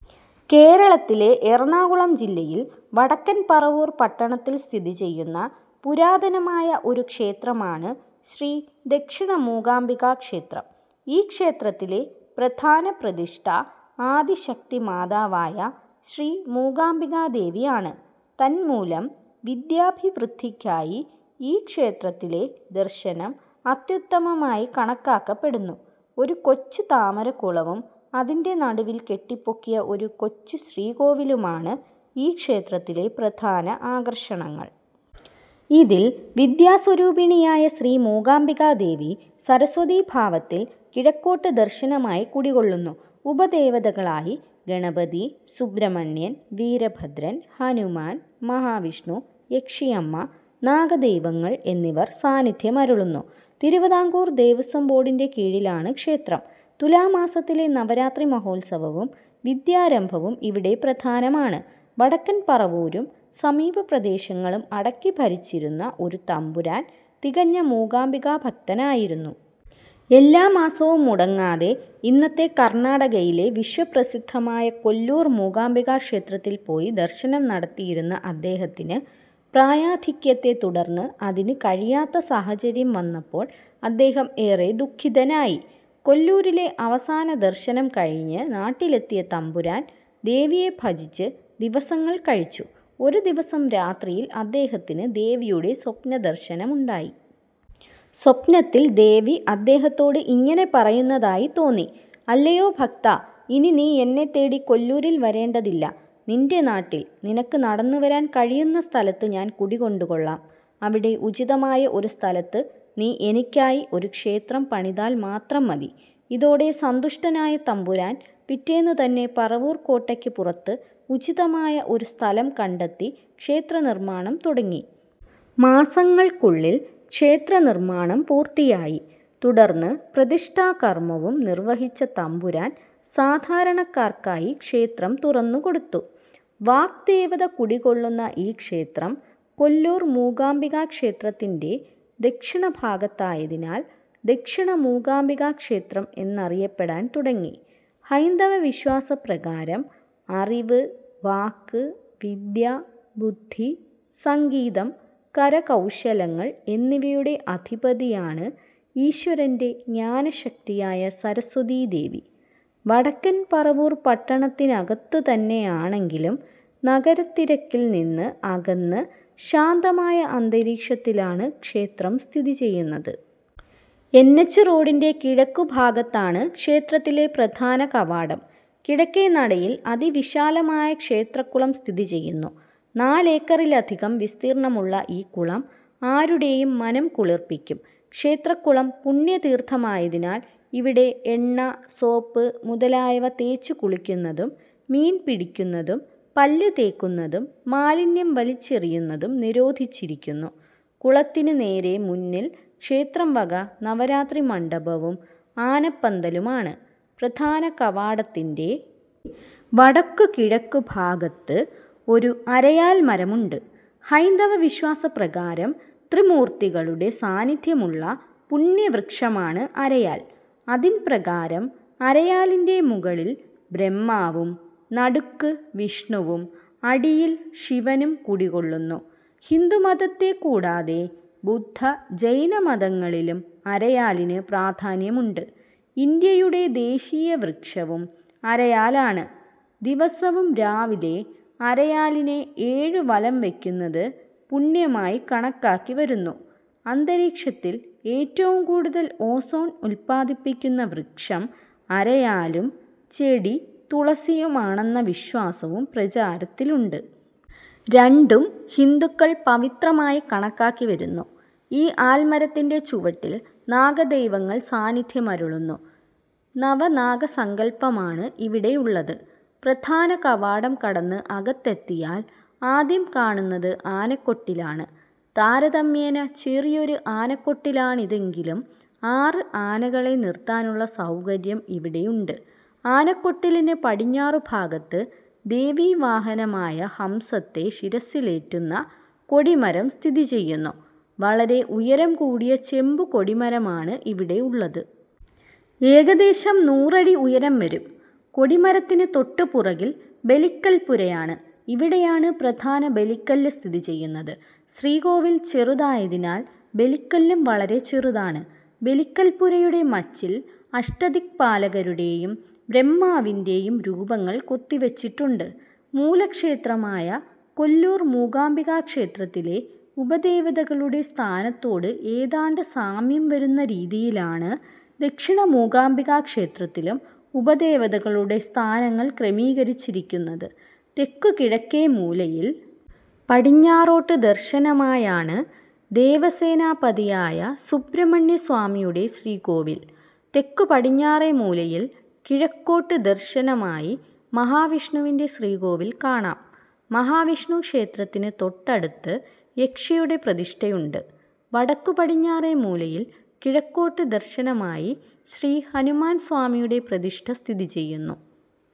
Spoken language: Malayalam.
കേരളത്തിലെ എറണാകുളം ജില്ലയിൽ വടക്കൻ പറവൂർ പട്ടണത്തിൽ സ്ഥിതിചെയ്യുന്ന പുരാതനമായ ഒരു ക്ഷേത്രമാണ് ശ്രീ ദക്ഷിണമൂകാംബികാക്ഷേത്രം. ഈ ക്ഷേത്രത്തിലെ പ്രധാന പ്രതിഷ്ഠ ആദിശക്തിമാതാവായ ശ്രീമൂകാംബികാദേവിയാണ്. തന്മൂലം വിദ്യാഭിവൃദ്ധിക്കായി ഈ ക്ഷേത്രത്തിലെ ദർശനം അത്യുത്തമമായി കണക്കാക്കപ്പെടുന്നു. ഒരു കൊച്ചു താമരക്കുളവും അതിൻ്റെ നടുവിൽ കെട്ടിപ്പൊക്കിയ ഒരു കൊച്ചുശ്രീകോവിലുമാണ് ഈ ക്ഷേത്രത്തിലെ പ്രധാന ആകർഷണങ്ങൾ. ഇതിൽ വിദ്യാസ്വരൂപിണിയായ ശ്രീമൂകാംബികാദേവി സരസ്വതീഭാവത്തിൽ കിഴക്കോട്ട് ദർശനമായി കുടികൊള്ളുന്നു. ഉപദേവതകളായി ഗണപതി, സുബ്രഹ്മണ്യൻ, വീരഭദ്രൻ, ഹനുമാൻ, മഹാവിഷ്ണു, യക്ഷിയമ്മ, നാഗദൈവങ്ങൾ എന്നിവർ സാന്നിധ്യമരുളുന്നു. തിരുവിതാംകൂർ ദേവസ്വം ബോർഡിൻ്റെ കീഴിലാണ് ക്ഷേത്രം. തുലാമാസത്തിലെ നവരാത്രിമഹോത്സവവും വിദ്യാരംഭവും ഇവിടെ പ്രധാനമാണ്. വടക്കൻ പറവൂരും സമീപപ്രദേശങ്ങളും അടക്കിഭരിച്ചിരുന്ന ഒരു തമ്പുരാൻ തികഞ്ഞ മൂകാംബികാഭക്തനായിരുന്നു. എല്ലാ മാസവും മുടങ്ങാതെ ഇന്നത്തെ കർണാടകയിലെ വിശ്വപ്രസിദ്ധമായ കൊല്ലൂർ മൂകാംബികാക്ഷേത്രത്തിൽ പോയി ദർശനം നടത്തിയിരുന്ന അദ്ദേഹത്തിന് പ്രായാധിക്യത്തെത്തുടർന്ന് അതിന് കഴിയാത്ത സാഹചര്യം വന്നപ്പോൾ അദ്ദേഹം ഏറെ ദുഃഖിതനായി. കൊല്ലൂരിലെ അവസാനദർശനം കഴിഞ്ഞ് നാട്ടിലെത്തിയ തമ്പുരാൻ ദേവിയെ ഭജിച്ച് ദിവസങ്ങൾ കഴിച്ചു. ഒരു ദിവസം രാത്രിയിൽ അദ്ദേഹത്തിന് ദേവിയുടെ സ്വപ്നദർശനമുണ്ടായി. സ്വപ്നത്തിൽ ദേവി അദ്ദേഹത്തോട് ഇങ്ങനെ പറയുന്നതായി തോന്നി .അല്ലയോ ഭക്താ, ഇനി നീ എന്നെത്തേടി കൊല്ലൂരിൽ വരേണ്ടതില്ല. നിൻ്റെ നാട്ടിൽ, നിനക്ക് നടന്നുവരാൻ കഴിയുന്ന സ്ഥലത്ത് ഞാൻ കുടികൊണ്ടുകൊള്ളാം. അവിടെ ഉചിതമായ ഒരു സ്ഥലത്ത് നീ എനിക്കായി ഒരു ക്ഷേത്രം പണിതാൽ മാത്രം മതി. ഇതോടെ സന്തുഷ്ടനായ തമ്പുരാൻ പിറ്റേന്നുതന്നെ പറവൂർ കോട്ടയ്ക്ക് പുറത്ത് ഉചിതമായ ഒരു സ്ഥലം കണ്ടെത്തി ക്ഷേത്രനിർമ്മാണം തുടങ്ങി. മാസങ്ങൾക്കുള്ളിൽ ക്ഷേത്രനിർമ്മാണം പൂർത്തിയായി. തുടർന്ന് പ്രതിഷ്ഠാകർമവും നിർവഹിച്ച തമ്പുരാൻ സാധാരണക്കാർക്കായി ക്ഷേത്രം തുറന്നുകൊടുത്തു. വാഗ്ദേവത കുടികൊള്ളുന്ന ഈ ക്ഷേത്രം കൊല്ലൂർ മൂകാംബികാക്ഷേത്രത്തിൻ്റെ ദക്ഷിണഭാഗത്തായതിനാൽ ദക്ഷിണമൂകാംബികാക്ഷേത്രം എന്നറിയപ്പെടാൻ തുടങ്ങി. ഹൈന്ദവവിശ്വാസപ്രകാരം അറിവ്, വാക്ക്, വിദ്യ, ബുദ്ധി, സംഗീതം, കരകൗശലങ്ങൾ എന്നിവയുടെ അധിപതിയാണ് ഈശ്വരൻ്റെ ജ്ഞാനശക്തിയായ സരസ്വതീദേവി. വടക്കൻ പറവൂർ പട്ടണത്തിനകത്തുതന്നെയാണെങ്കിലും നഗരത്തിരക്കിൽനിന്ന് അകന്ന് ശാന്തമായ അന്തരീക്ഷത്തിലാണ് ക്ഷേത്രം സ്ഥിതിചെയ്യുന്നത്. എൻ. എച്ച്. റോഡിൻ്റെ കിഴക്കുഭാഗത്താണ് ക്ഷേത്രത്തിലെ പ്രധാനകവാടം. കിഴക്കേനടയിൽ അതിവിശാലമായ ക്ഷേത്രക്കുളം സ്ഥിതിചെയ്യുന്നു. നാലേക്കറിലധികം വിസ്തീർണമുള്ള ഈ കുളം ആരുടെയും മനം കുളിർപ്പിക്കും. ക്ഷേത്രക്കുളം പുണ്യതീർഥമായതിനാൽ ഇവിടെ എണ്ണ, സോപ്പ് മുതലായവ തേച്ചുകുളിക്കുന്നതും മീൻപിടിക്കുന്നതും പല്ലുതേക്കുന്നതും മാലിന്യം വലിച്ചെറിയുന്നതും നിരോധിച്ചിരിക്കുന്നു. കുളത്തിന് നേരെ മുന്നിൽ ക്ഷേത്രം വക നവരാത്രിമണ്ഡപവും ആനപ്പന്തലുമാണ്. പ്രധാനകവാടത്തിൻ്റെ വടക്കുകിഴക്കുഭാഗത്ത് ഒരു അരയാൽമരമുണ്ട്. ഹൈന്ദവവിശ്വാസപ്രകാരം ത്രിമൂർത്തികളുടെ സാന്നിധ്യമുള്ള പുണ്യവൃക്ഷമാണ് അരയാൽ. അതിൻപ്രകാരം അരയാലിൻ്റെ മുകളിൽ ബ്രഹ്മാവും നടുക്ക് വിഷ്ണുവും അടിയിൽ ശിവനും കുടികൊള്ളുന്നു. ഹിന്ദുമതത്തെക്കൂടാതെ ബുദ്ധ-ജൈനമതങ്ങളിലും അരയാലിന് പ്രാധാന്യമുണ്ട്. ഇന്ത്യയുടെ ദേശീയവൃക്ഷവും അരയാലാണ്. ദിവസവും രാവിലെ അരയാലിനെ ഏഴുവലം വയ്ക്കുന്നത് പുണ്യമായി കണക്കാക്കിവരുന്നു. അന്തരീക്ഷത്തിൽ ഏറ്റവും കൂടുതൽ ഓസോൺ ഉത്പാദിപ്പിക്കുന്ന വൃക്ഷം അരയാലും ചെടി തുളസിയുമാണെന്ന വിശ്വാസവും പ്രചാരത്തിലുണ്ട്. രണ്ടും ഹിന്ദുക്കൾ പവിത്രമായി കണക്കാക്കിവരുന്നു.ഈ ആൽമരത്തിൻ്റെ ചുവട്ടിൽ നാഗദൈവങ്ങൾ സാന്നിധ്യമരുളുന്നു. നവനാഗസങ്കൽപ്പമാണ് ഇവിടെയുള്ളത്. പ്രധാനകവാടം കടന്ന് അകത്തെത്തിയാൽ ആദ്യം കാണുന്നത് ആനക്കൊട്ടിലാണ്. താരതമ്യേന ചെറിയൊരു ആനക്കൊട്ടിലാണിതെങ്കിലും ആറ് ആനകളെ നിർത്താനുള്ള സൗകര്യം ഇവിടെയുണ്ട്. ആനക്കൊട്ടിലിന് പടിഞ്ഞാറുഭാഗത്ത് ദേവീവാഹനമായ ഹംസത്തെ ശിരസ്സിലേറ്റുന്ന കൊടിമരം സ്ഥിതിചെയ്യുന്നു. വളരെ ഉയരം കൂടിയ ചെമ്പുകൊടിമരമാണ് ഇവിടെയുള്ളത്. ഏകദേശം നൂറടി ഉയരം വരും. കൊടിമരത്തിന് തൊട്ടുപുറകിൽ ബലിക്കൽപ്പുരയാണ്. ഇവിടെയാണ് പ്രധാന ബലിക്കല്ല് സ്ഥിതിചെയ്യുന്നത്. ശ്രീകോവിൽ ചെറുതായതിനാൽ ബലിക്കല്ലും വളരെ ചെറുതാണ്. ബലിക്കൽപ്പുരയുടെ മച്ചിൽ അഷ്ടദിക്പാലകരുടെയും ബ്രഹ്മാവിൻ്റെ യും രൂപങ്ങൾ കൊത്തിവച്ചിട്ടുണ്ട്. മൂലക്ഷേത്രമായ കൊല്ലൂർ മൂകാംബികാക്ഷേത്രത്തിലെ ഉപദേവതകളുടെ സ്ഥാനത്തോട് ഏതാണ്ട് സാമ്യം വരുന്ന രീതിയിലാണ് ദക്ഷിണമൂകാംബികാക്ഷേത്രത്തിലും ഉപദേവതകളുടെ സ്ഥാനങ്ങൾ ക്രമീകരിച്ചിരിക്കുന്നത്. തെക്കുകിഴക്കേമൂലയിൽ പടിഞ്ഞാറോട്ട് ദർശനമായാണ് ദേവസേനാപതിയായ സുബ്രഹ്മണ്യസ്വാമിയുടെ ശ്രീകോവിൽ. തെക്കുപടിഞ്ഞാറേമൂലയിൽ കിഴക്കോട്ട് ദർശനമായി മഹാവിഷ്ണുവിൻ്റെ ശ്രീകോവിൽ കാണാം. മഹാവിഷ്ണുക്ഷേത്രത്തിന് തൊട്ടടുത്ത് യക്ഷിയുടെ പ്രതിഷ്ഠയുണ്ട്. വടക്കുപടിഞ്ഞാറേമൂലയിൽ കിഴക്കോട്ട് ദർശനമായി ശ്രീഹനുമാൻസ്വാമിയുടെ പ്രതിഷ്ഠ സ്ഥിതിചെയ്യുന്നു.